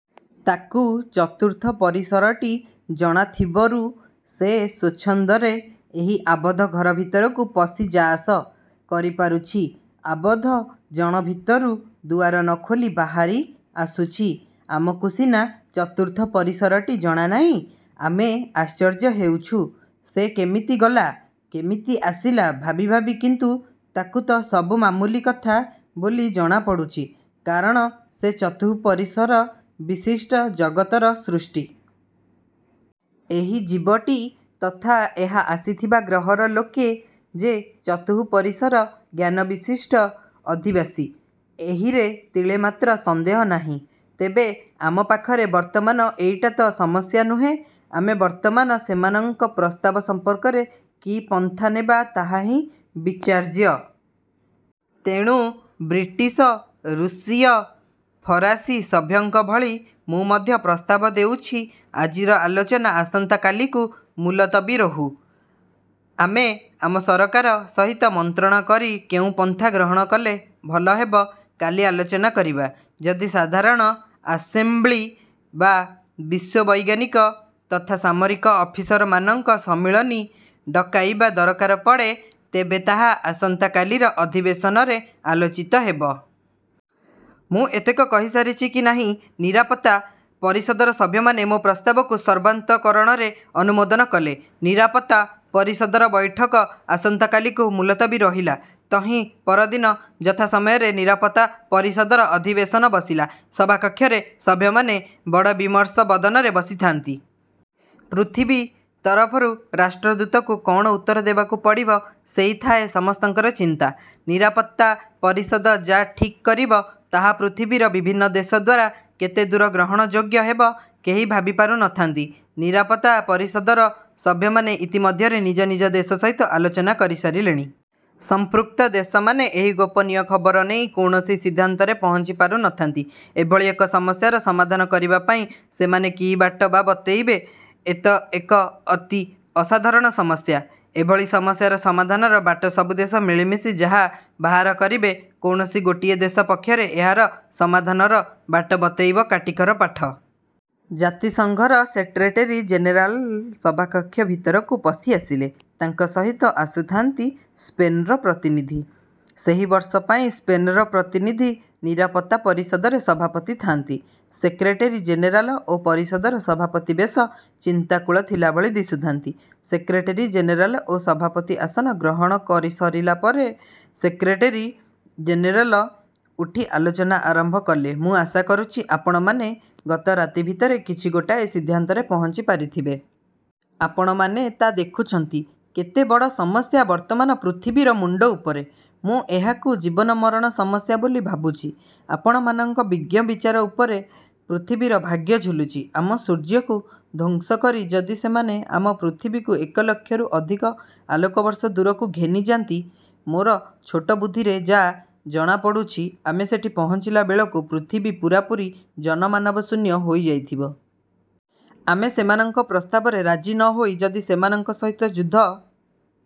ତାକୁ ଚତୁର୍ଥ ପରିସରଟି ଜଣାଥିବରୁ ସେ ସ୍ଵଚ୍ଛନ୍ଦରେ ଏହି ଆବଦ୍ଧ ଘର ଭିତରକୁ ପଶି ଯା'ଆସ କରିପାରୁଛି ଆବଦ୍ଧ ଜଣ ଭିତରୁ ଦୁଆର ନ ଖୋଲି ବାହାରି ଆସୁଛି। ଆମକୁ ସିନା ଚତୁର୍ଥ ପରିସରଟି ଜଣାନାହିଁ, ଆମେ ଆଶ୍ଚର୍ଯ୍ୟ ହେଉଛୁ, ସେ କେମିତି ଗଲା, କେମିତି ଆସିଲା ଭାବି ଭାବି କିନ୍ତୁ ତାକୁ ତ ସବୁ ମାମୁଲି କଥା ବୋଲି ଜଣା ପଡ଼ୁଛି, କାରଣ ସେ ଚତୁଃପରିସର ବିଶିଷ୍ଟ ଜଗତର ସୃଷ୍ଟି। ଏହି ଜୀବଟି ତଥା ଏହା ଆସିଥିବା ଗ୍ରହର ଲୋକେ ଯେ ଚତୁଃପରିସର ଜ୍ଞାନବିଶିଷ୍ଟ ଅଧିବାସୀ, ଏହିରେ ତିଳେମାତ୍ର ସନ୍ଦେହ ନାହିଁ। ତେବେ ଆମ ପାଖରେ ବର୍ତ୍ତମାନ ଏଇଟା ତ ସମସ୍ୟା ନୁହେଁ। ଆମେ ବର୍ତ୍ତମାନ ସେମାନଙ୍କ ପ୍ରସ୍ତାବ ସମ୍ପର୍କରେ କି ପନ୍ଥା ନେବା ତାହା ହିଁ ବିଚାର୍ଯ୍ୟ। ତେଣୁ ବ୍ରିଟିଶ, ରୁଷୀୟ, ଫରାସୀ ସଭ୍ୟଙ୍କ ଭଳି ମୁଁ ମଧ୍ୟ ପ୍ରସ୍ତାବ ଦେଉଛି ଆଜିର ଆଲୋଚନା ଆସନ୍ତା କାଲିକୁ ମୁଲତବୀ ରହୁ। ଆମେ ଆମ ସରକାର ସହିତ ମନ୍ତ୍ରଣା କରି କେଉଁ ପନ୍ଥା ଗ୍ରହଣ କଲେ ଭଲ ହେବ କାଲି ଆଲୋଚନା କରିବା। ଯଦି ସାଧାରଣ ଆସେମ୍ବ୍ଲି ବା ବିଶ୍ୱବୈଜ୍ଞାନିକ ତଥା ସାମରିକ ଅଫିସରମାନଙ୍କ ସମ୍ମିଳନୀ ଡକାଇବା ଦରକାର ପଡ଼େ ତେବେ ତାହା ଆସନ୍ତା କାଲିର ଅଧିବେଶନରେ ଆଲୋଚିତ ହେବ। ମୁଁ ଏତକ କହିସାରିଛି କି ନାହିଁ ନିରାପତ୍ତା ପରିଷଦର ସଭ୍ୟମାନେ ମୋ ପ୍ରସ୍ତାବକୁ ସର୍ବାନ୍ତକରଣରେ ଅନୁମୋଦନ କଲେ। ନିରାପତ୍ତା ପରିଷଦର ବୈଠକ ଆସନ୍ତାକାଲିକୁ ମୁଲତବୀ ରହିଲା। ତହିଁ ପରଦିନ ଯଥା ସମୟରେ ନିରାପତ୍ତା ପରିଷଦର ଅଧିବେଶନ ବସିଲା। ସଭାକକ୍ଷରେ ସଭ୍ୟମାନେ ବଡ଼ ବିମର୍ଷ ବଦନରେ ବସିଥାନ୍ତି। ପୃଥିବୀ ତରଫରୁ ରାଷ୍ଟ୍ରଦୂତକୁ କଣ ଉତ୍ତର ଦେବାକୁ ପଡ଼ିବ ସେଇ ଥାଏ ସମସ୍ତଙ୍କର ଚିନ୍ତା। ନିରାପତ୍ତା ପରିଷଦ ଯା ଠିକ୍ କରିବ ତାହା ପୃଥିବୀର ବିଭିନ୍ନ ଦେଶ ଦ୍ୱାରା କେତେ ଦୂର ଗ୍ରହଣଯୋଗ୍ୟ ହେବ କେହି ଭାବି ପାରୁ ନ ଥାନ୍ତି। ନିରାପତ୍ତା ପରିଷଦର ସଭ୍ୟମାନେ ଇତି ମଧ୍ୟରେ ନିଜ ନିଜ ଦେଶ ସହିତ ଆଲୋଚନା କରି ସାରିଲେଣି। ସମ୍ପୃକ୍ତ ଦେଶମାନେ ଏହି ଗୋପନୀୟ ଖବର ନେଇ କୌଣସି ସିଦ୍ଧାନ୍ତରେ ପହଞ୍ଚି ପାରୁ ନଥାନ୍ତି। ଏଭଳି ଏକ ସମସ୍ୟାର ସମାଧାନ କରିବା ପାଇଁ ସେମାନେ କି ବାଟ ବା ବତେଇବେ? ଏତ ଏକ ଅତି ଅସାଧାରଣ ସମସ୍ୟା। ଏଭଳି ସମସ୍ୟାର ସମାଧାନର ବାଟ ସବୁ ଦେଶ ମିଳିମିଶି ଯାହା ବାହାର କରିବେ, କୌଣସି ଗୋଟିଏ ଦେଶ ପକ୍ଷରେ ଏହାର ସମାଧାନର ବାଟ ବତେଇବ କାଠିକର ପାଠ। ଜାତିସଂଘର ସେଟ୍ରେଟେରୀ ଜେନେରାଲ ସଭାକକ୍ଷ ଭିତରକୁ ପଶି ଆସିଲେ। ତାଙ୍କ ସହିତ ଆସୁଥାନ୍ତି ସ୍ପେନ୍ର ପ୍ରତିନିଧି। ସେହି ବର୍ଷ ପାଇଁ ସ୍ପେନ୍ର ପ୍ରତିନିଧି ନିରାପତ୍ତା ପରିଷଦରେ ସଭାପତି ଥାନ୍ତି। ସେକ୍ରେଟେରୀ ଜେନେରାଲ ଓ ପରିଷଦର ସଭାପତି ବେଶ ଚିନ୍ତାକୁଳ ଥିଲାଭଳି ଦିଶୁଥାନ୍ତି। ସେକ୍ରେଟେରୀ ଜେନେରାଲ ଓ ସଭାପତି ଆସନ ଗ୍ରହଣ କରି ସରିଲାପରେ ସେକ୍ରେଟେରୀ ଜେନେରେଲ ଉଠି ଆଲୋଚନା ଆରମ୍ଭ କଲେ ମୁଁ ଆଶା କରୁଛି, ଆପଣମାନେ ଗତ ରାତି ଭିତରେ କିଛି ଗୋଟାଏ ସିଦ୍ଧାନ୍ତରେ ପହଞ୍ଚି ପାରିଥିବେ। ଆପଣମାନେ ତା ଦେଖୁଛନ୍ତି, କେତେ ବଡ଼ ସମସ୍ୟା ବର୍ତ୍ତମାନ ପୃଥିବୀର ମୁଣ୍ଡ ଉପରେ। ମୁଁ ଏହାକୁ ଜୀବନ ମରଣ ସମସ୍ୟା ବୋଲି ଭାବୁଛି। ଆପଣମାନଙ୍କ ବିଜ୍ଞ ବିଚାର ଉପରେ ପୃଥିବୀର ଭାଗ୍ୟ ଝୁଲୁଛି। ଆମ ସୂର୍ଯ୍ୟକୁ ଧ୍ୱଂସ କରି ଯଦି ସେମାନେ ଆମ ପୃଥିବୀକୁ ଏକଲକ୍ଷରୁ ଅଧିକ ଆଲୋକବର୍ଷ ଦୂରକୁ ଘେନିଯାନ୍ତି, ମୋର ଛୋଟ ବୁଦ୍ଧିରେ ଯା' ଜଣା ପଡ଼ୁଛି ଆମେ ସେଠି ପହଞ୍ଚିଲା ବେଳକୁ ପୃଥିବୀ ପୂରାପୂରି ଜନମାନବ ଶୂନ୍ୟ ହୋଇ ଯାଇଥିବ। ଆମେ ସେମାନଙ୍କ ପ୍ରସ୍ତାବରେ ରାଜି ନ ହୋଇ ଯଦି ସେମାନଙ୍କ ସହିତ ଯୁଦ୍ଧ